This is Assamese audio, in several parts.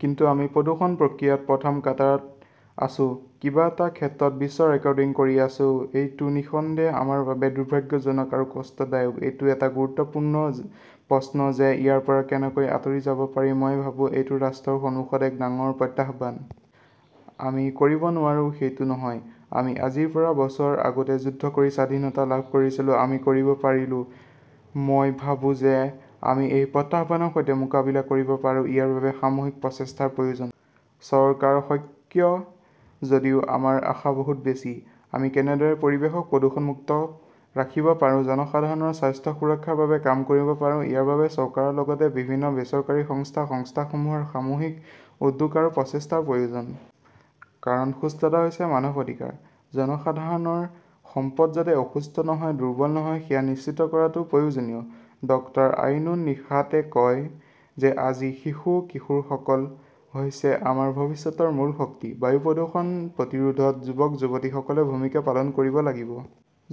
কিন্তু আমি প্ৰদূষণ প্ৰক্ৰিয়াত প্ৰথম কাটাৰত আছো। কিবা এটা ক্ষেত্ৰত বিশ্ব ৰেকৰ্ডিং কৰি আছো। এইটো নিঃসন্দেহে আমাৰ বাবে দুৰ্ভাগ্যজনক আৰু কষ্টদায়ক। এইটো এটা গুৰুত্বপূৰ্ণ প্ৰশ্ন যে ইয়াৰ পৰা কেনেকৈ আঁতৰি যাব পাৰি। মই ভাবো এইটো ৰাষ্ট্ৰৰ সন্মুখত এক ডাঙৰ প্ৰত্যাহ্বান। আমি কৰিব নোৱাৰো, সেইটো নহয়। আমি আজিৰ পৰা বছৰ আগতে যুদ্ধ কৰি স্বাধীনতা লাভ কৰিছিলো। আমি কৰিব পাৰিলো। মই ভাবো যে আমি এই প্ৰত্যাহ্বানৰ সৈতে মোকাবিলা কৰিব পাৰোঁ। ইয়াৰ বাবে সামূহিক প্ৰচেষ্টাৰ প্ৰয়োজন। চৰকাৰ সক্ৰিয়। যদিও আমাৰ আশা বহুত বেছি। আমি কেনেদৰে পৰিৱেশক প্ৰদূষণমুক্ত ৰাখিব পাৰোঁ জনসাধাৰণৰ স্বাস্থ্য সুৰক্ষাৰ বাবে কাম কৰিব পাৰোঁ ইয়াৰ বাবে চৰকাৰৰ লগতে বিভিন্ন বেচৰকাৰী সংস্থা, সংস্থাসমূহৰ সামূহিক উদ্যোগ আৰু প্ৰচেষ্টাৰ প্ৰয়োজন। কাৰণ সুস্থতা হৈছে মানৱ অধিকাৰ। জনসাধাৰণৰ সম্পদ যাতে অসুস্থ নহয়, দুৰ্বল নহয় সেয়া নিশ্চিত কৰাটো প্ৰয়োজনীয়। ডক্টৰ আইনুন নিশাতে কয় যে আজি শিশু-কিশোৰসকল হৈছে আমাৰ ভৱিষ্যতৰ মূল শক্তি। বায়ু প্ৰদূষণ প্ৰতিৰোধত যুৱক-যুৱতীসকলে ভূমিকা পালন কৰিব লাগিব।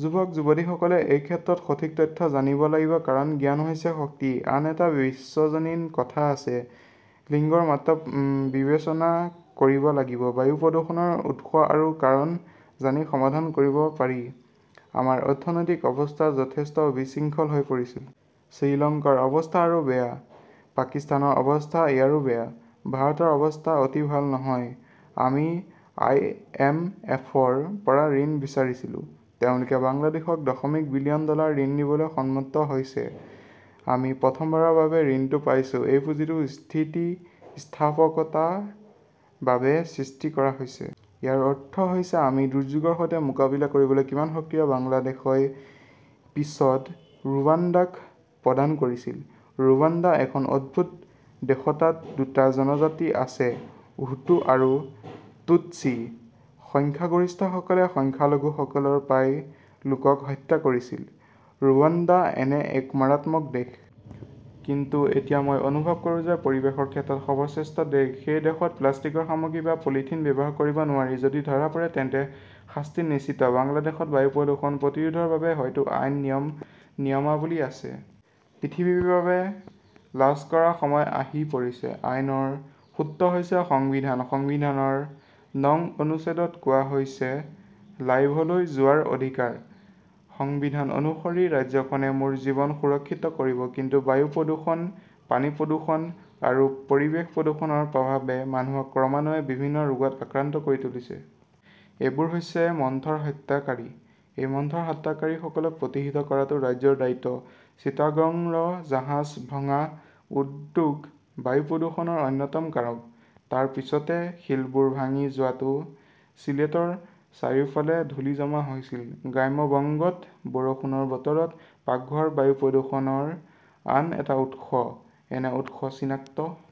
যুৱক-যুৱতীসকলে এই ক্ষেত্ৰত সঠিক তথ্য জানিব লাগিব। কাৰণ জ্ঞান হৈছে শক্তি। আন এটা বিশ্বজনীন কথা আছে, লিংগৰ মাত্ৰা বিবেচনা কৰিব লাগিব। বায়ু প্ৰদূষণৰ উৎস আৰু কাৰণ জানি সমাধান কৰিব পাৰি। আমাৰ অৰ্থনৈতিক অৱস্থা যথেষ্ট বিশৃংখল হৈ পৰিছিল। শ্ৰীলংকাৰ অৱস্থা আৰু বেয়া। পাকিস্তানৰ অৱস্থা ইয়াৰো বেয়া। ভাৰতৰ অৱস্থা অতি ভাল নহয়। আমি আইএমএফৰ পৰা ঋণ বিচাৰিছিলো। তেওঁলোকে বাংলাদেশক দশমিক বিলিয়ন ডলাৰ ঋণ দিবলৈ সন্মত হৈছে। আমি প্ৰথমবাৰৰ বাবে ঋণটো পাইছো। এই পুঁজিটো স্থিতিস্থাপকতাৰ বাবে সৃষ্টি কৰা হৈছে। ইয়াৰ অৰ্থ হৈছে আমি দুৰ্যোগৰ সৈতে মোকাবিলা কৰিবলৈ কিমান সক্ৰিয়। বাংলাদেশই পিছত ৰুৱাণ্ডাক প্ৰদান কৰিছিল। ৰুৱাণ্ডা এখন অদ্ভুত দেশতাত দুটা জনজাতি আছে-হুটু আৰু টুটচি। সংখ্যাগৰিষ্ঠসকলে সংখ্যালঘুসকলৰ প্ৰায় লোকক হত্যা কৰিছিল। ৰুৱাণ্ডা এনে এক মাৰাত্মক দেশ। কিন্তু এতিয়া মই অনুভৱ কৰোঁ যে পৰিৱেশৰ ক্ষেত্ৰত সৰ্বশ্ৰেষ্ঠ দেশ। সেই দেশত প্লাষ্টিকৰ সামগ্ৰী বা পলিথিন ব্যৱহাৰ কৰিব নোৱাৰি। যদি ধৰা পৰে তেন্তে শাস্তি নিশ্চিত। বাংলাদেশত বায়ু প্ৰদূষণ প্ৰতিৰোধৰ বাবে বহুতো আইন, নিয়ম, নিয়মাৱলী আছে। পৃথিৱীৰ বাবে লাজ কৰাৰ সময় আহি পৰিছে। আইনৰ সূত্ৰ হৈছে সংবিধান। সংবিধানৰ নং অনুচ্ছেদত কোৱা হৈছে লাইভলৈ যোৱাৰ অধিকাৰ । সংবিধান অনুসৰি ৰাজ্যখনে মোৰ জীৱন সুৰক্ষিত কৰিব। কিন্তু বায়ু প্ৰদূষণ, পানী প্ৰদূষণ আৰু পৰিৱেশ প্ৰদূষণৰ প্ৰভাৱে মানুহক ক্ৰমান্বয়ে বিভিন্ন ৰোগত আক্ৰান্ত কৰি তুলিছে। এইবোৰ হৈছে মন্থৰ হত্যাকাৰী । এই মন্থৰ হত্যাকাৰীসকলক প্ৰতিহত কৰাটো ৰাজ্যৰ দায়িত্ব। চিটাগংৰ জাহাজ ভঙা উদ্যোগ বায়ু প্ৰদূষণৰ অন্যতম কাৰক। তাৰ পিছতে শিলবোৰ ভাঙি যোৱা শ্বিলেটৰ চাৰিওফালে ধূলি জমা হৈছিল। গ্ৰাম্য বংগত বৰষুণৰ বতৰত পাকঘৰ বায়ু প্ৰদূষণৰ আন এটা উৎস। এনে উৎস চিনাক্ত